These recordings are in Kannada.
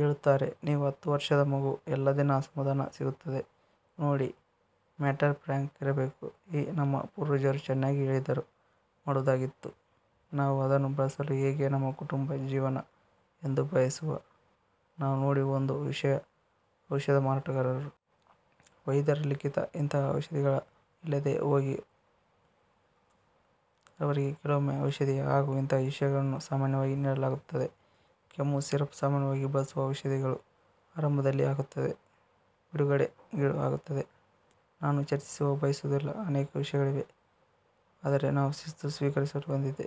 ಹೇಳುತ್ತಾರೆ. ನೀವು ಹತ್ತು ವರ್ಷದ ಮಗು ಎಲ್ಲಾ ದಿನ ಅಸಮಾಧಾನ ಸಿಗುತ್ತದೆ ನೋಡಿ. ಮ್ಯಾಟರ್ ಫ್ರಾಂಕ್ ಇರಬೇಕು. ಈ ನಮ್ಮ ಪೂರ್ವಜರು ಚೆನ್ನಾಗಿ ಹೇಳಿದರು ಮಾಡುವುದಾಗಿತ್ತು. ನಾನು ಅದನ್ನು ಬಳಸಲು ಹೇಗೆ ನಮ್ಮ ಕುಟುಂಬ ಜೀವನ, ಎಂದು ಬಯಸುವ. ನಾನು ನೋಡಿ ಒಂದು ವಿಷಯ ಔಷಧ ಮಾರಾಟಗಾರರು. ವೈದ್ಯರ ಲಿಖಿತ ಇಂತಹ ಔಷಧಿಗಳ ಇಲ್ಲದೆ ಹೋಗಿ ರವರೆಗೆ ಕೆಲವೊಮ್ಮೆ ಔಷಧೀಯ, ಹಾಗೂ ಇಂತಹ ವಿಷಯಗಳನ್ನು ಸಾಮಾನ್ಯವಾಗಿ ನೀಡಲಾಗುತ್ತದೆ. ಕೆಮ್ಮು ಸಿರಪ್ ಸಾಮಾನ್ಯವಾಗಿ ಬಳಸುವ ಔಷಧಿಗಳು ಆರಂಭದಲ್ಲಿ ಆಗುತ್ತದೆ. ಬಿಡುಗಡೆ ಗೀಳು ಆಗುತ್ತದೆ. ನಾನು ಚರ್ಚಿಸಲು ಬಯಸುವುದಿಲ್ಲ ಅನೇಕ ವಿಷಯಗಳಿವೆ. ಆದರೆ ನಾವು ಶಿಸ್ತು ಸ್ವೀಕರಿಸಲು ಹೊಂದಿವೆ.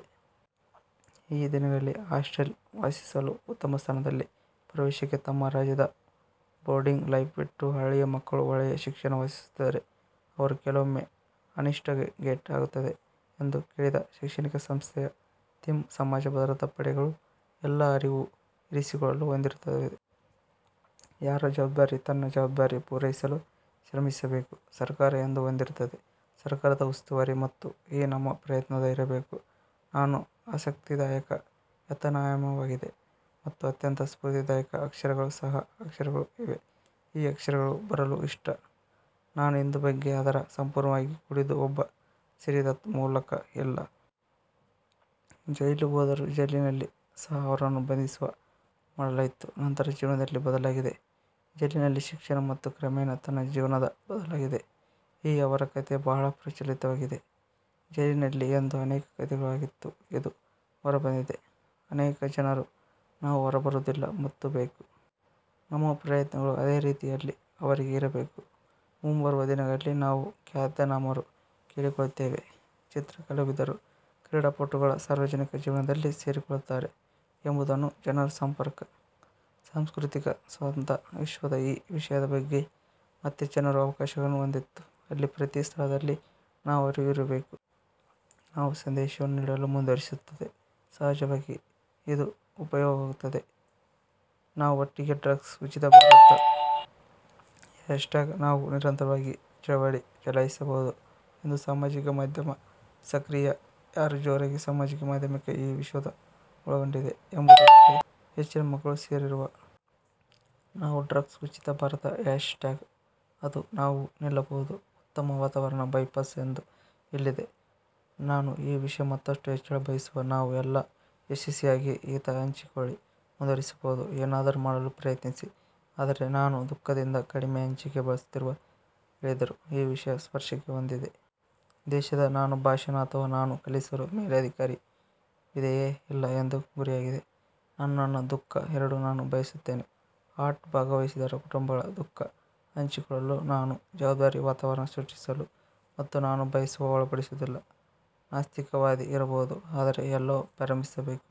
ಈ ದಿನಗಳಲ್ಲಿ, ಹಾಸ್ಟೆಲ್ ವಾಸಿಸಲು ಉತ್ತಮ ಸ್ಥಾನದಲ್ಲಿ ಪ್ರವೇಶಕ್ಕೆ ತಮ್ಮ ರಾಜ್ಯದ ಬೋರ್ಡಿಂಗ್ ಲೈಫ್ ಬಿಟ್ಟು ಹಳ್ಳಿಯ ಮಕ್ಕಳು, ಒಳ್ಳೆಯ ಶಿಕ್ಷಣ ವಾಸಿಸುತ್ತಿದ್ದಾರೆ. ಅವರು ಕೆಲವೊಮ್ಮೆ ಅನಿಷ್ಟ ಗೇಟ್ವೇ ಆಗುತ್ತದೆ ಎಂದು ಕೇಳಿದ. ಶೈಕ್ಷಣಿಕ ಸಂಸ್ಥೆಗಳ ಥೀಮ್, ಸಮಾಜ, ಭದ್ರತಾ ಪಡೆಗಳು ಎಲ್ಲ ಅರಿವು ಇರಿಸಿಕೊಳ್ಳಲು ಹೊಂದಿರುತ್ತದೆ. ಯಾರ ಜವಾಬ್ದಾರಿ ತನ್ನ ಜವಾಬ್ದಾರಿ ಪೂರೈಸಲು ಶ್ರಮಿಸಬೇಕು. ಸರ್ಕಾರ ಎಂದು ಹೊಂದಿರುತ್ತದೆ ಸರ್ಕಾರದ ಉಸ್ತುವಾರಿ. ಮತ್ತು ಈ ನಮ್ಮ ಪ್ರಯತ್ನದ ಇರಬೇಕು. ನಾನು, ಆಸಕ್ತಿದಾಯಕ ಯಾತನಾಮಯವಾಗಿದೆ ಮತ್ತು ಅತ್ಯಂತ ಸ್ಪೂರ್ತಿದಾಯಕ ಅಕ್ಷರಗಳು ಸಹ ಅಕ್ಷರಗಳು ಇವೆ ಈ ಅಕ್ಷರಗಳ ಬರಲು ಇಷ್ಟ. ನಾನು ಇಂದು ಬಗ್ಗೆ, ಆದರೆ ಸಂಪೂರ್ಣವಾಗಿ ಕುಡಿದು ಒಬ್ಬ ಶ್ರೀ ದತ್ ಮೂಲಕ ಇಲ್ಲ., ಜೈಲು ಹೋದರು ಜೈಲಿನಲ್ಲಿ ಸಹ ಅವರನ್ನು ಬಂಧಿಸುವ ಮಾಡಲಾಯಿತು. ನಂತರ ಜೀವನದಲ್ಲಿ ಬದಲಾಗಿದೆ. ಜೈಲಿನಲ್ಲಿ ಶಿಕ್ಷಣ ಮತ್ತು ಕ್ರಮೇಣ ತನ್ನ ಜೀವನದ ಬದಲಾಗಿದೆ. ಈ ಅವರ ಕಥೆ ಬಹಳ ಪ್ರಚಲಿತವಾಗಿದೆ ಆಗಿದೆ. ಜೈಲಿನಲ್ಲಿ ಎಂದು ಅನೇಕ ಕಥೆಗಳು ಆಗಿತ್ತು. ಇದು ಹೊರಬಂದಿದೆ ಅನೇಕ ಜನರು. ನಾವು ಹೊರಬರುವುದಿಲ್ಲ ಮತ್ತು ಬೇಕು. ನಮ್ಮ ಪ್ರಯತ್ನಗಳು ಅದೇ ರೀತಿಯಲ್ಲಿ, ಅವರಿಗೆ ಇರಬೇಕು. ಮುಂಬರುವ ದಿನಗಳಲ್ಲಿ ನಾನು ಖ್ಯಾತನಾಮರು ಕೇಳಿಕೊಳ್ಳುತ್ತೇವೆ. ಚಿತ್ರ ಕಲಾವಿದರು ಕ್ರೀಡಾಪಟುಗಳ ಸಾರ್ವಜನಿಕ ಜೀವನದಲ್ಲಿ ಸೇರಿಕೊಳ್ಳುತ್ತಾರೆ ಎಂಬುದನ್ನು ಜನರು ಸಂಪರ್ಕ. ಸಾಂಸ್ಕೃತಿಕ ಸಂತ ವಿಶ್ವದ, ಈ ವಿಷಯದ ಬಗ್ಗೆ ಮತ್ತೆ ಜನರು ಅವಕಾಶಗಳನ್ನು ಹೊಂದಿತ್ತು ಅಲ್ಲಿ ಪ್ರತಿ ಸ್ಥಳದಲ್ಲಿ, ನಾವು ಅರಿವು ಇರಬೇಕು. ನಾವು ಸಂದೇಶವನ್ನು ನೀಡಲು ಮುಂದುವರೆಸುತ್ತದೆ. ಸಹಜವಾಗಿ ಇದು ಉಪಯೋಗವಾಗುತ್ತದೆ. ನಾನು ಒಟ್ಟಿಗೆ ಡ್ರಗ್ಸ್ ಉಚಿತ ಭಾರತ ಹ್ಯಾಶ್ ಟ್ಯಾಗ್ ನಾವು ನಿರಂತರವಾಗಿ ಚಳವಳಿ ಚಲಾಯಿಸಬಹುದು ಎಂದು ಸಾಮಾಜಿಕ ಮಾಧ್ಯಮ ಸಕ್ರಿಯ ಯಾರು ಜೋರಾಗಿ. ಸಾಮಾಜಿಕ ಮಾಧ್ಯಮದ ಈ ವಿಶ್ವದ ಒಳಗೊಂಡಿದೆ ಎಂಬುದಕ್ಕೆ ಹೆಚ್ಚಿನ ಮಕ್ಕಳು ಸೇರಿರುವ. ನಾವು ಡ್ರಗ್ಸ್ ಉಚಿತ ಭಾರತ ಹ್ಯಾಶ್ ಟ್ಯಾಗ್, ಅದು ನಾವು ನಿಲ್ಲಬಹುದು ಉತ್ತಮ ವಾತಾವರಣ ಬೈಪಾಸ್ ಒಂದು ಇಲ್ಲಿದೆ. ನಾನು ಈ ವಿಷಯ ಮತ್ತಷ್ಟು ಹೆಚ್ಚಳ ಬಯಸುವ. ನಾವು ಎಲ್ಲಾ ಯಶಸ್ವಿಯಾಗಿ ಈತ ಹಂಚಿಕೊಳ್ಳಿ ಮುಂದುವರಿಸಬಹುದು, ಏನಾದರೂ ಮಾಡಲು ಪ್ರಯತ್ನಿಸಿ. ಆದರೆ ನಾನು ದುಃಖದಿಂದ ಕಡಿಮೆ ಹಂಚಿಕೆ ಬಳಲುತ್ತಿರುವ ಹೇಳಿದರು ಈ ವಿಷಯ ಸ್ಪರ್ಶಕ್ಕೆ ಹೊಂದಿವೆ. ದೇಶದ ನಾನು ಭಾಷಣ ಅಥವಾ ನಾನು ಕಲಿಸಲು ಮೇಲೆ ಅಧಿಕಾರವಿದೆಯೇ ಇಲ್ಲ ಎಂದು, ಗುರಿಯಾಗಿದೆ. ನಾನು ನನ್ನ ದುಃಖ, ಎರಡೂ ನಾನು ಬಯಸುತ್ತೇನೆ ಹರ್ಟ್ ಭಾಗವಹಿಸಿದರು ಕುಟುಂಬಗಳ ದುಃಖ ಹಂಚಿಕೊಳ್ಳಲು ನಾನು. ಜವಾಬ್ದಾರಿ ವಾತಾವರಣ ಸೃಷ್ಟಿಸಲು ಮತ್ತು ನಾನು ಬಯಸುವ. ಒಳಪಡುವುದಿಲ್ಲ-ನಾಸ್ತಿಕವಾದಿ ಇರಬಹುದು. ಆದರೆ ಎಲ್ಲೋ ಪ್ರಾರಂಭಿಸಬೇಕು.